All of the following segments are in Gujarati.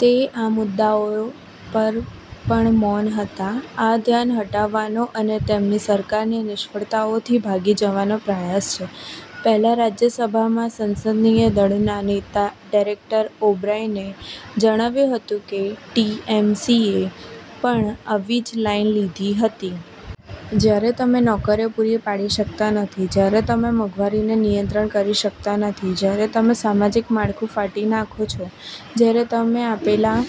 તે આ મુદ્દાઓ પર પણ મૌન હતા. આ ધ્યાન હટાવવાનો અને તેમની સરકારની નિષ્ફળતાઓથી ભાગી જવાનો પ્રયાસ છે. પહેલા રાજ્યસભામાં સંસદીય દળના નેતા ડેરેક ઓ'બ્રાયને જણાવ્યું હતું કે ટીએમસીએ પણ આવી જ લાઇન લીધી હતી. જ્યારે તમે નોકરીઓ પૂરી પાડી શકતા નથી, જ્યારે તમે મોંઘવારીને નિયંત્રિત કરી શકતા નથી, જ્યારે તમે સામાજિક માળખું ફાડી નાખો છો, જ્યારે તમે આપેલા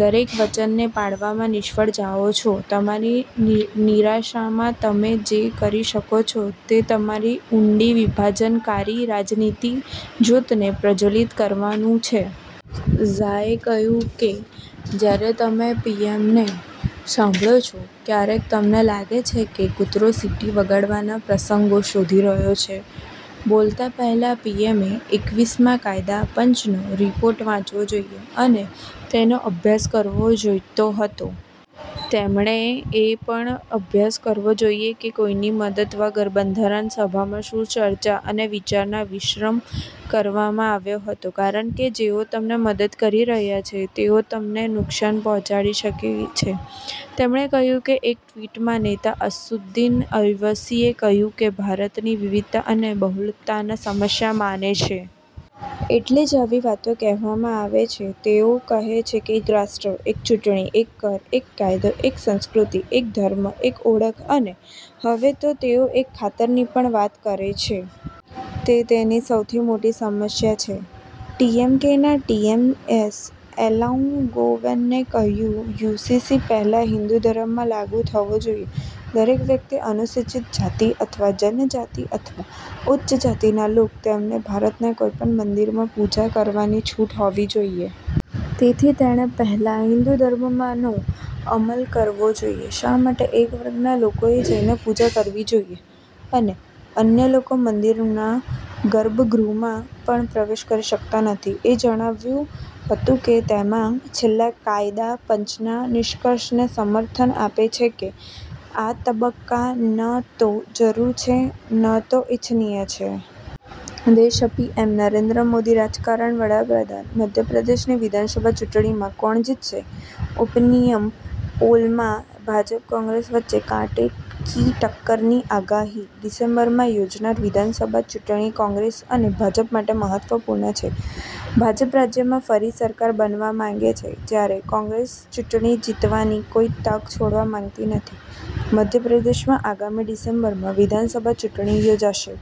દરેક વચનને પાળવામાં નિષ્ફળ જાઓ છો તમારી નિરાશામાં, તમે જે કરી શકો છો, તે તમારી ઊંડી વિભાજનકારી રાજનીતિની જ્યોતને પ્રજ્વલિત કરવાનું છે. ઝાએ કહ્યું કે જ્યારે તમે પીએમને સાંભળો છો ક્યારેક તમને લાગે છે કે તે કૂતરો સીટી વગાડવાના પ્રસંગો શોધી રહ્યો છે. બોલતા પહેલા પીએમએ એકવીસ મા કાયદા પંચનો રિપોર્ટ વાંચવો જોઈએ અને તેનો અભ્યાસ કરવો જોઈતો હતો. તેમણે એ પણ અભ્યાસ કરવો જોઈએ કે, કોઈની મદદ વગર, બંધારણ સભામાં શું ચર્ચા અને વિચાર વિમર્શ કરવામાં આવ્યો હતો કારણ કે જેઓ તમને મદદ કરી રહ્યા છે તેઓ તમને નુકસાન પહોંચાડી શકે છે, તેમણે કહ્યું કે એક ટ્વિટમાં નેતા અસદુદ્દીન ઓવૈસીએ કહ્યું કે ભારતની વિવિધતા અને બહુલતાને સમસ્યા માને છે. એટલે જ આવી વાતો કહેવામાં આવે છે. તેઓ કહે છે કે એક રાષ્ટ્ર, એક ચૂંટણી, એક કર, એક કાયદો, એક સંસ્કૃતિ, એક ધર્મ, એક ઓળખ અને હવે તેઓ એક ખાતરની પણ વાત કરે છે. તે તેની સૌથી મોટી સમસ્યા છે. ડીએમકેના ટીકેએસ એલાન્ગોવને કહ્યું, યુસીસી પહેલા હિંદુ ધર્મમાં લાગુ થવો જોઈએ. દરેક વ્યક્તિ, અનુસૂચિત જાતિ અથવા જનજાતિ અથવા ઉચ્ચ જાતિના લોક. તેમને ભારતના કોઈપણ મંદિરમાં પૂજા કરવાની છૂટ હોવી જોઈએ. તેથી, તેણે પહેલા હિંદુ ધર્મમાં નો અમલ કરવો જોઈએ. શા માટે એક વર્ગના લોકોએ જઈને પૂજા કરવી જોઈએ અને અન્ય લોકો મંદિરના ગર્ભગૃહમાં પણ પ્રવેશ કરી શકતા નથી? એ જણાવ્યું હતું કે તે માં છેલ્લા કાયદા પંચના નિષ્કર્ષને સમર્થન આપે છે કે આ તબક્કે ન તો જરૂરી છે અને ન તો ઇચ્છનીય છે. દે શપીએમ નરેન્દ્ર મોદી રાજકારણ વડાપ્રધાન. મધ્યપ્રદેશની વિધાનસભા ચૂંટણીમાં કોણ જીતશે? ઓપિનિયન પોલમાં ભાજપ કોંગ્રેસ વચ્ચે કાંટે કી ટક્કરની આગાહી. ડિસેમ્બરમાં યોજનાર વિધાનસભા ચૂંટણી કોંગ્રેસ અને ભાજપ માટે મહત્વપૂર્ણ છે. ભાજપ રાજ્યમાં ફરી સરકાર બનાવવા માંગે છે જ્યારે કોંગ્રેસ ચૂંટણી જીતવાની કોઇ તક છોડવા માંગતી નથી. મધ્યપ્રદેશમાં આગામી ડિસેમ્બરમાં વિધાનસભા ચૂંટણી યોજાશે.